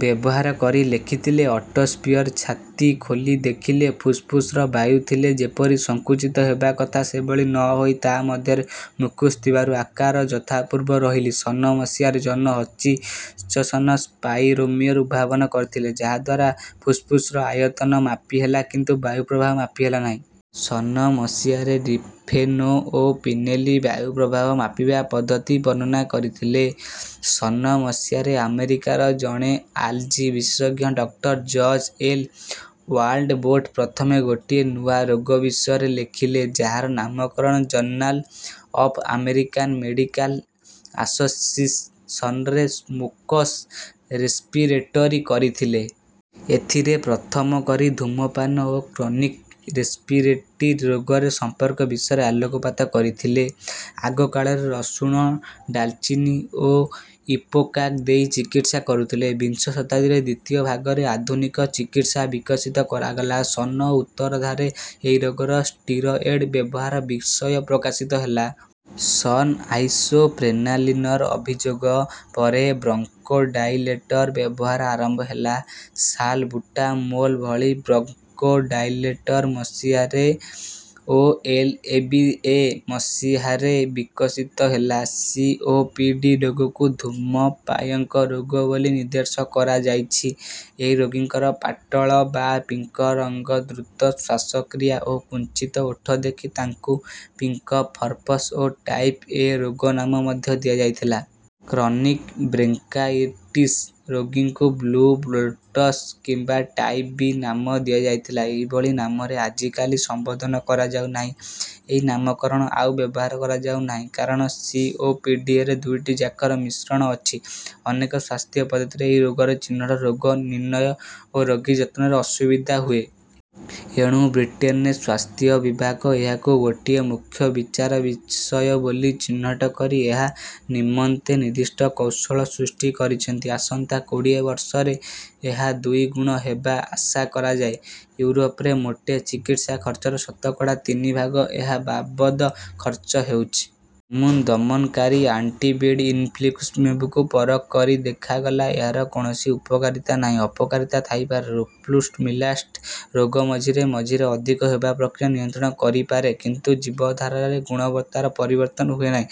ବ୍ୟବହାର କରି ଲେଖିଥିଲେ ଅଟୋପ୍ସିଅର ଛାତି ଖୋଲି ଦେଖିଲେ ଫୁସଫୁସରେ ବାୟୁ ଥିଲେ ଯେପରି ସଙ୍କୁଚିତ ହେବା କଥା ସେଭଳି ନ ହୋଇ ତାହା ମଧ୍ୟରେ ମ୍ୟୁକସ ଥିବାରୁ ଆକାର ଯଥାପୂର୍ବ ରହିଲା। ସନ ମସିହାରେ ଜନ ହଚିନସନ ସ୍ପାଇରୋମିଟର ଉଦ୍ଭାବନ କରିଥିଲେ ଯାହାଦ୍ୱାରା ଫୁସଫୁସର ଆୟତନ ମାପି ହେଲା କିନ୍ତୁ ବାୟୁପ୍ରବାହ ମାପି ହେଲା ନାହିଁ। ସନ ମସିହାରେ ଟିଫେନୋ ଓ ପିନେଲି ବାୟୁ ପ୍ରବାହ ମାପିବା ପଦ୍ଧତି ବର୍ଣ୍ଣନା କରିଥିଲେ। ସନ ମସିହାରେ ଆମେରିକାର ଜଣେ ଆଲର୍ଜି ବିଶେଷଜ୍ଞ ଡକ୍ଟର ଜର୍ଜ ଏଲ ୱାଲ୍ଡବୋଟ ପ୍ରଥମେ ଗୋଟିଏ ନୂଆ ରୋଗ ବିଷୟରେ ଲେଖିଲେ ଯାହାର ନାମକରଣ ଜର୍ନାଲ ଅଫ ଆମେରିକାନ ମେଡିକାଲ ଆସୋସିଏସନରେ ସ୍ମୋକର୍ସ ରେସ୍ପିରେଟରୀ କରିଥିଲେ। ଏଥିରେ ପ୍ରଥମ କରି ଧୂମ୍ରପାନ ଓ କ୍ରନିକ ରେସପିରେଟରୀ ରୋଗର ସମ୍ପର୍କ ବିଷୟରେ ଆଲୋକପାତ କରିଥିଲେ। ଆଗ କାଳରେ ରସୁଣ ଡାଲଚିନି ଓ ଇପେକାକ ଦେଇ ଚିକିତ୍ସା କରୁଥିଲେ। ବିଂଶ ଶତାବ୍ଦୀର ଦ୍ୱିତୀୟ ଭାଗରେ ଆଧୁନିକ ଚିକିତ୍ସା ବିକଶିତ କରାଗଲା। ସନ ଉତ୍ତରାର୍ଦ୍ଧରେ ଏହି ରୋଗରେ ଷ୍ଟିରଏଡ ବ୍ୟବହାର ବିଷୟ ପ୍ରକାଶିତ ହେଲା। ସନ ଆଇସୋପ୍ରେନାଲିନର ଅଭିପ୍ରଯୋଗ ପରେ ବ୍ରଙ୍କୋଡାଇଲେଟର ବ୍ୟବହାର ଆରମ୍ଭ ହେଲା। ସାଲବୁଟାମୋଲ ଭଳି ବ୍ରଙ୍କୋଡାଇଲେଟର ମସିହାରେ ଓ ଏଲଏବିଏ ମସିହାରେ ବିକଶିତ ହେଲା। ସିଓପିଡି ରୋଗକୁ ଧୂମ୍ରପାୟୀଙ୍କ ରୋଗ ବୋଲି ନିର୍ଦ୍ଦେଶ କରାଯାଇଛି। ଏହି ରୋଗୀଙ୍କର ପାଟଳ ବା ପିଙ୍କ ରଙ୍ଗ ଦ୍ରୁତ ଶ୍ୱାସକ୍ରିୟା ଓ କୁଞ୍ଚିତ ଓଠ ଦେଖି ତାଙ୍କୁ ପିଙ୍କ ପଫର୍ସ ଓ ଟାଇପ ଏ ରୋଗ ନାମ ମଧ୍ୟ ଦିଆଯାଇଥିଲା। କ୍ରନିକ ବ୍ରୋଙ୍କାଇଟିସ ରୋଗୀଙ୍କୁ ବ୍ଲୁ ବ୍ଲୋଟର୍ସ କିମ୍ବା ଟାଇପ ବି ନାମ ଦିଆଯାଇଥିଲା। ଏହି ଭଳି ନାମରେ ଆଜିକାଲି ସମ୍ବୋଧନ କରାଯାଉ ନାହିଁ। ଏହି ନାମକରଣ ଆଉ ବ୍ୟବହାର କରାଯାଉ ନାହିଁ କାରଣ ସିଓପିଡିରେ ଦୁଇଟି ଯାକର ମିଶ୍ରଣ ଅଛି। ଅନେକ ସ୍ୱାସ୍ଥ୍ୟ ପଦ୍ଧତିରେ ଏହି ରୋଗର ଚିହ୍ନଟ ରୋଗ ନିର୍ଣ୍ଣୟ ଓ ରୋଗୀ ଯତ୍ନରେ ଅସୁବିଧା ହୁଏ। ଏଣୁ ବ୍ରିଟେନର ସ୍ୱାସ୍ଥ୍ୟ ବିଭାଗ ଏହାକୁ ଗୋଟିଏ ମୁଖ୍ୟ ବିଚାର ବିଷୟ ବୋଲି ଚିହ୍ନଟ କରି ଏହା ନିମନ୍ତେ ନିର୍ଦ୍ଦିଷ୍ଟ କୌଶଳ ସୃଷ୍ଟି କରିଛନ୍ତି। ଆସନ୍ତା କୋଡ଼ିଏ ବର୍ଷରେ ଏହା ଦୁଇ ଗୁଣ ହେବା ଆଶା କରାଯାଏ। ୟୁରୋପରେ ମୋଟ ଚିକିତ୍ସା ଖର୍ଚ୍ଚର ଶତକଡ଼ା ତିନି ଭାଗ ଏହା ବାବଦ ଖର୍ଚ୍ଚ ହେଉଛି। ଇମ୍ୟୁନ ଦମନକାରୀ ଆଣ୍ଟିବଡି ଇନଫ୍ଲିକ୍ସିମ୍ୟାବକୁ ପରଖ କରି ଦେଖାଗଲା ଏହାର କୌଣସି ଉପକାରିତା ନାହିଁ ଅପକାରିତା ଥାଇପାରେ। ରୋଫ୍ଲୁମିଲାଷ୍ଟ ରୋଗ ମଝିରେ ମଝିରେ ଅଧିକ ହେବା ପ୍ରକ୍ରିୟା ନିୟନ୍ତ୍ରଣ କରିପାରେ କିନ୍ତୁ ଜୀବଧାରାର ଗୁଣବତ୍ତାର ପରିବର୍ତ୍ତନ ହୁଏ ନାହିଁ।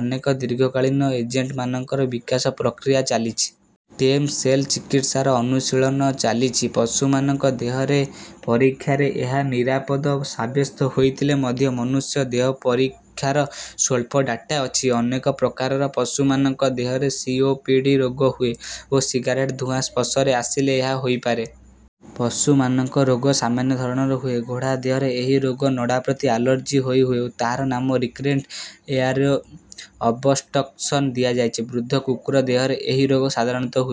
ଅନେକ ଦୀର୍ଘକାଳୀନ ଏଜେଣ୍ଟମାନଙ୍କର ବିକାଶ ପ୍ରକ୍ରିୟା ଚାଲିଛି। ଷ୍ଟେମ ସେଲ ଚିକିତ୍ସାର ଅନୁଶୀଳନ ଚାଲିଛି। ପଶୁମାନଙ୍କ ଦେହର ପରୀକ୍ଷାରେ ଏହା ନିରାପଦ ସାବ୍ୟସ୍ତ ହୋଇଥିଲେ ମଧ୍ୟ ମନୁଷ୍ୟ ଦେହ ପରୀକ୍ଷାର ସ୍ୱଳ୍ପ ଡାଟା ଅଛି। ଅନେକ ପ୍ରକାରର ପଶୁମାନଙ୍କ ଦେହରେ ସିଓପିଡି ରୋଗ ହୁଏ ଓ ସିଗାରେଟ ଧୂଆଁ ସଂସ୍ପର୍ଶରେ ଆସିଲେ ଏହା ହୋଇପାରେ। ପଶୁମାନଙ୍କ ରୋଗ ସାମାନ୍ୟ ଧରଣର ହୁଏ। ଘୋଡ଼ା ଦେହରେ ଏହି ରୋଗ ନଡ଼ା ପ୍ରତି ଆଲର୍ଜି ହୋଇ ହୁଏ ଓ ତାହାର ନାମ ରିକରେଣ୍ଟ ଏୟାରୱେ ଅବଷ୍ଟ୍ରକସନ ଦିଆଯାଇଛି। ବୃଦ୍ଧ କୁକୁର ଦେହରେ ଏହି ରୋଗ ସାଧାରଣତଃ ହୁଏ।